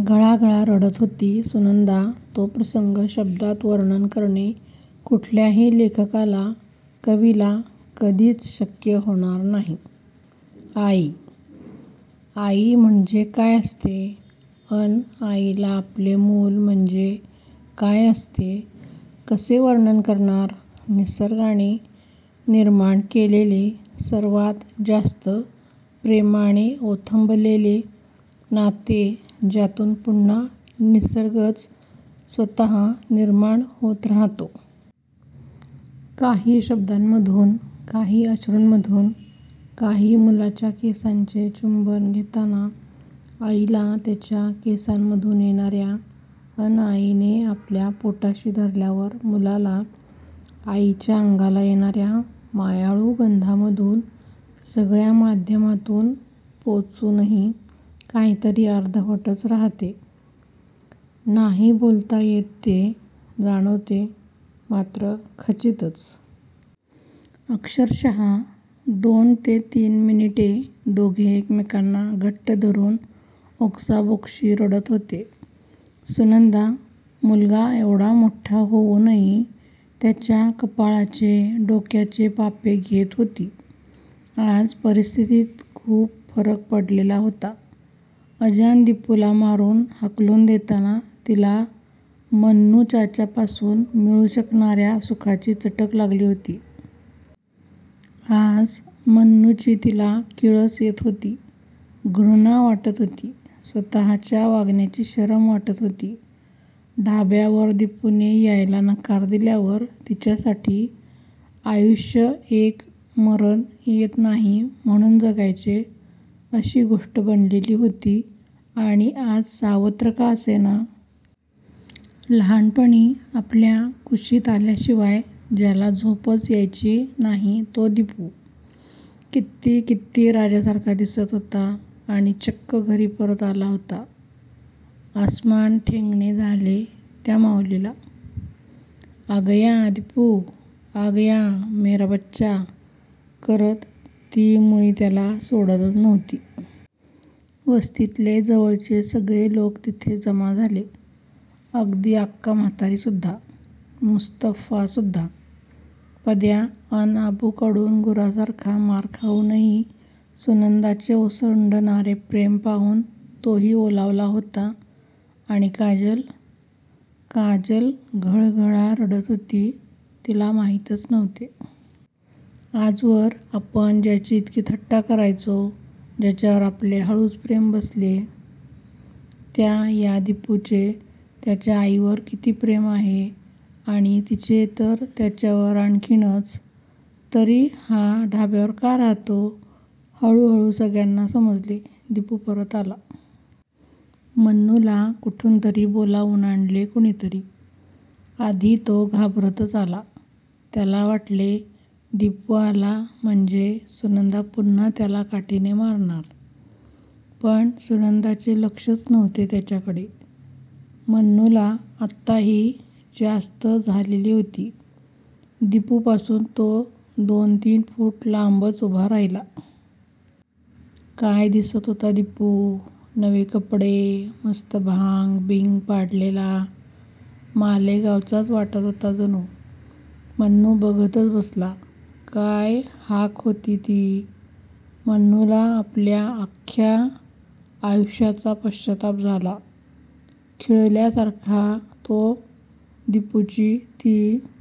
घळाघळा रडत होती सुनंदा तो प्रसंग शब्दात वर्णन करणे कुठल्याही लेखकाला कवीला कधीच शक्य होणार नाही. आई! आई म्हणजे काय असते. अन आईला आपले मूल म्हणजे काय असते. कसे वर्णन करणार? निसर्गाने निर्माण केलेले सर्वात जास्त प्रेमाने ओथंबलेले नाते ज्यातून पुन्हा निसर्गच स्वतः निर्माण होत राहतो. काही शब्दांमधून काही अश्रूंमधून काही मुलाच्या केसांचे चुंबन घेताना आईला त्याच्या केसांमधून येणार्या अन आईने आपल्या पोटाशी धरल्यावर मुलाला आईच्या अंगाला येणार्या मायाळू गंधामधून सगळ्या माध्यमातून पोचूनही काहीतरी अर्धवटच राहते. नाही बोलता येत ते जाणवते मात्र खचितच! अक्षरशः दोन ते तीन मिनिटे दोघे एकमेकांना घट्ट धरून ओक्साबोक्षी रडत होते. सुनंदा मुलगा एवढा मोठा होऊनही त्याच्या कपाळाचे, डोक्याचे पापे घेत होती. आज परिस्थितीत खूप फरक पडलेला होता. अजाण दिपूला मारून हाकलून देताना तिला मन्नूचाचापासून मिळू शकणार्या सुखाची चटक लागली होती. आज मन्नूची तिला किळस येत होती. घृणा वाटत होती. स्वतःच्या वागण्याची शरम वाटत होती. ढाब्यावर दिपूने यायला नकार दिल्यावर तिच्यासाठी आयुष्य एक 'मरण येत नाही म्हणून जगायचे' अशी गोष्ट बनलेली होती आणि आज सावत्र का असेना. लहानपणी आपल्या कुशीत आल्याशिवाय ज्याला झोपच यायची नाही तो दिपू. कित्ती कित्ती राजासारखा दिसत होता आणि चक्क घरी परत आला होता. अस्मान ठेंगणे झाले त्या माउलीला. 'आगया दिपू, आगया मेरा बच्चा' करत ती मुळी त्याला सोडतच नव्हती. वस्तीतले जवळचे सगळे लोक तिथे जमा झाले. अगदी आक्का म्हातारी सुद्धा! मुस्तफासुद्धा! पद्या अन अबूकडून गुरासारखा मार खाऊनही सुनंदाचे ओसंडणारे प्रेम पाहून तोही ओलावला होता आणि काजल? काजल घळघळा रडत होती. तिला माहीतच नव्हते. आजवर आपण ज्याची इतकी थट्टा करायचो. ज्याच्यावर आपले हळूच प्रेम बसले. त्या या दिपूचे त्याच्या आईवर किती प्रेम आहे आणि तिचे तर त्याच्यावर आणखीनच. तरी हा ढाब्यावर का राहतो? हळूहळू सगळ्यांना समजले. दिपू परत आला. मन्नूला कुठूनतरी बोलावून आणले कुणीतरी! आधी तो घाबरतच आला. त्याला वाटले दिपू आला म्हणजे सुनंदा पुन्हा त्याला काठीने मारणार! पण सुनंदाचे लक्षच नव्हते त्याच्याकडे! मन्नूला आत्ताही जास्त झालेली होती. दिपूपासून तो दोन तीन फूट लांबच उभा राहिला. काय दिसत होता दिपू! नवे कपडे, मस्त भांग बिंग पाडलेला! मालेगावचाच वाटत होता जणू! मन्नू बघतच बसला. काय हाक होती ती! मन्नूला आपल्या अख्ख्या आयुष्याचा पश्चात्ताप झाला. खिळल्यासारखा तो दिपूची ती